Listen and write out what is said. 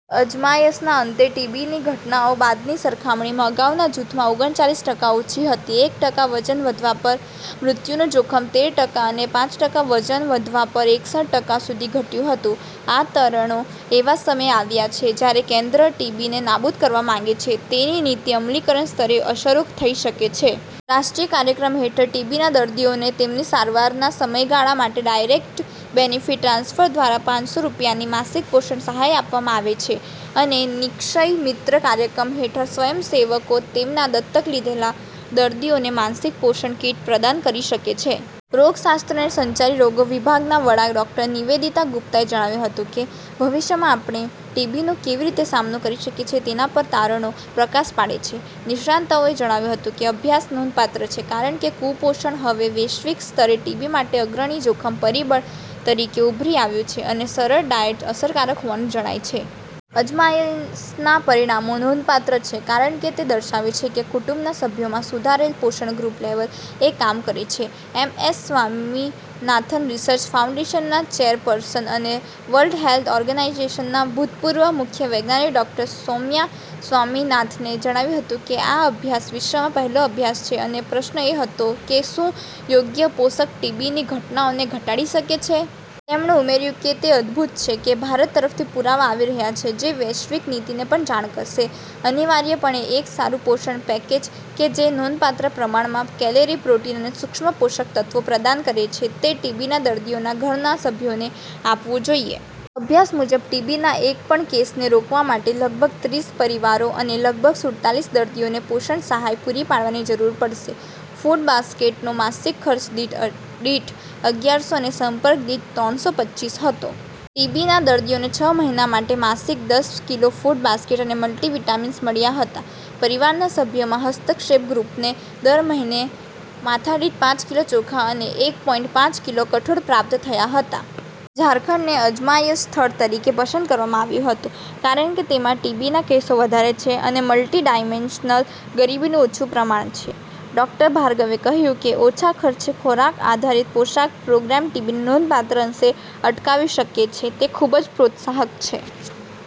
અજમાયશના અંતે, ટીબીની ઘટનાઓ બાદની સરખામણીમાં અગાઉના જૂથમાં ઓગણચાલીસ ટકા ઓછી હતી. એક ટકા વજન વધવા પર મૃત્યુનું જોખમ તેર ટકા અને પાંચ ટકા વજન વધવા પર એકસઠ ટકા સુધી ઘટ્યું હતું. આ તારણો, એવા સમયે આવ્યા છે જ્યારે કેન્દ્ર ટીબીને નાબૂદ કરવા માંગે છે, તેની નીતિ અમલીકરણ સ્તરે અસરો થઈ શકે છે. રાષ્ટ્રીય કાર્યક્રમ હેઠળ, ટીબીના દર્દીઓને તેમની સારવારના સમયગાળા માટે ડાયરેક્ટ બેનિફિટ ટ્રાન્સફર દ્વારા પાંચસો રૂપિયાની માસિક પોષણ સહાય આપવામાં આવે છે અને નિ-ક્ષય મિત્ર કાર્યક્રમ હેઠળ, સ્વયંસેવકો તેમના "દત્તક લીધેલા" દર્દીઓને માસિક પોષણ કીટ પ્રદાન કરી શકે છે. રોગશાસ્ત્ર અને સંચારી રોગો વિભાગના વડા, ડોક્ટર નિવેદિતા ગુપ્તાએ જણાવ્યું હતું કે, "ભવિષ્યમાં આપણે ટીબીનો કેવી રીતે સામનો કરી શકીએ તેના પર તારણો પ્રકાશ પાડે છે. નિષ્ણાતોએ જણાવ્યું હતું કે અભ્યાસ નોંધપાત્ર છે કારણ કે કુપોષણ હવે વૈશ્વિક સ્તરે ટીબી માટે અગ્રણી જોખમ પરિબળ તરીકે ઉભરી આવ્યું છે અને સરળ ડાયટ અસરકારક હોવાનું જણાયું છે. "અજમાયશના પરિણામો નોંધપાત્ર છે કારણ કે તે દર્શાવે છે કે કુટુંબના સભ્યોમાં સુધારેલ પોષણ ગ્રુપ લેવલ એ કામ કરે છે." એમએસ સ્વામીનાથન રિસર્ચ ફાઉન્ડેશનના ચેરપર્સન અને વર્લ્ડ હેલ્થ ઓર્ગેનાઈઝેશનના ભૂતપૂર્વ મુખ્ય વૈજ્ઞાનિક ડોક્ટર સૌમ્યા સ્વામીનાથને જણાવ્યું હતું કે, " આ અભ્યાસ વિશ્વમાં પહેલો અભ્યાસ છે અને પ્રશ્ન એ હતો કે શું યોગ્ય પોષક ટીબીની ઘટનાઓને ઘટાડી શકે છે. " તેમણે ઉમેર્યું કે, "તે અદ્ભુત છે કે ભારત તરફથી પુરાવા આવી રહ્યા છે જે વૈશ્વિક નીતિને પણ જાણ કરશે. અનિવાર્યપણે, એક સારું પોષણ પેકેજ કે જે નોંધપાત્ર પ્રમાણમાં કેલરી, પ્રોટીન અને સૂક્ષ્મ પોષકતત્ત્વો પ્રદાન કરે છે તે ટીબીના દર્દીઓના ઘરના સભ્યોને આપવું જોઈએ. અભ્યાસ મુજબ, ટીબીના એક પણ કેસને રોકવા માટે, લગભગ ત્રીસ પરિવારો અને લગભગ સુડતાલીસ દર્દીઓને પોષણ સહાય પૂરી પાડવાની જરૂર પડશે. ફૂડ બાસ્કેટનો માસિક ખર્ચ દર્દી દીઠ અગયારસો અને સંપર્ક દીઠ ત્રણસો પચીસ હતો. ટીબીના દર્દીઓને છ મહિના માટે માસિક દસ કિલો ફૂડ બાસ્કેટ અને મલ્ટીવિટામિન્સ મળ્યા હતા. પરિવારના સભ્યોમાં, હસ્તક્ષેપ ગ્રુપને દર મહિને માથાદીઠ પાંચ કિલો ચોખા અને એક પોઈંટ પાંચ કિલો કઠોળ પ્રાપ્ત થયા હતા. ઝારખંડને અજમાયશ સ્થળ તરીકે પસંદ કરવામાં આવ્યું હતું કારણ કે તેમાં ટીબીના કેસો વધારે છે અને મલ્ટી ડાયમેંશનલ ગરીબીનું ઊંચું પ્રમાણ છે. ડોક્ટર ભાર્ગવે કહ્યું કે, "ઓછા ખર્ચે ખોરાક-આધારિત પોષક પ્રોગ્રામ ટીબીને નોંધપાત્ર અંશે અટકાવી શકે છે તે ખૂબ જ પ્રોત્સાહક છે.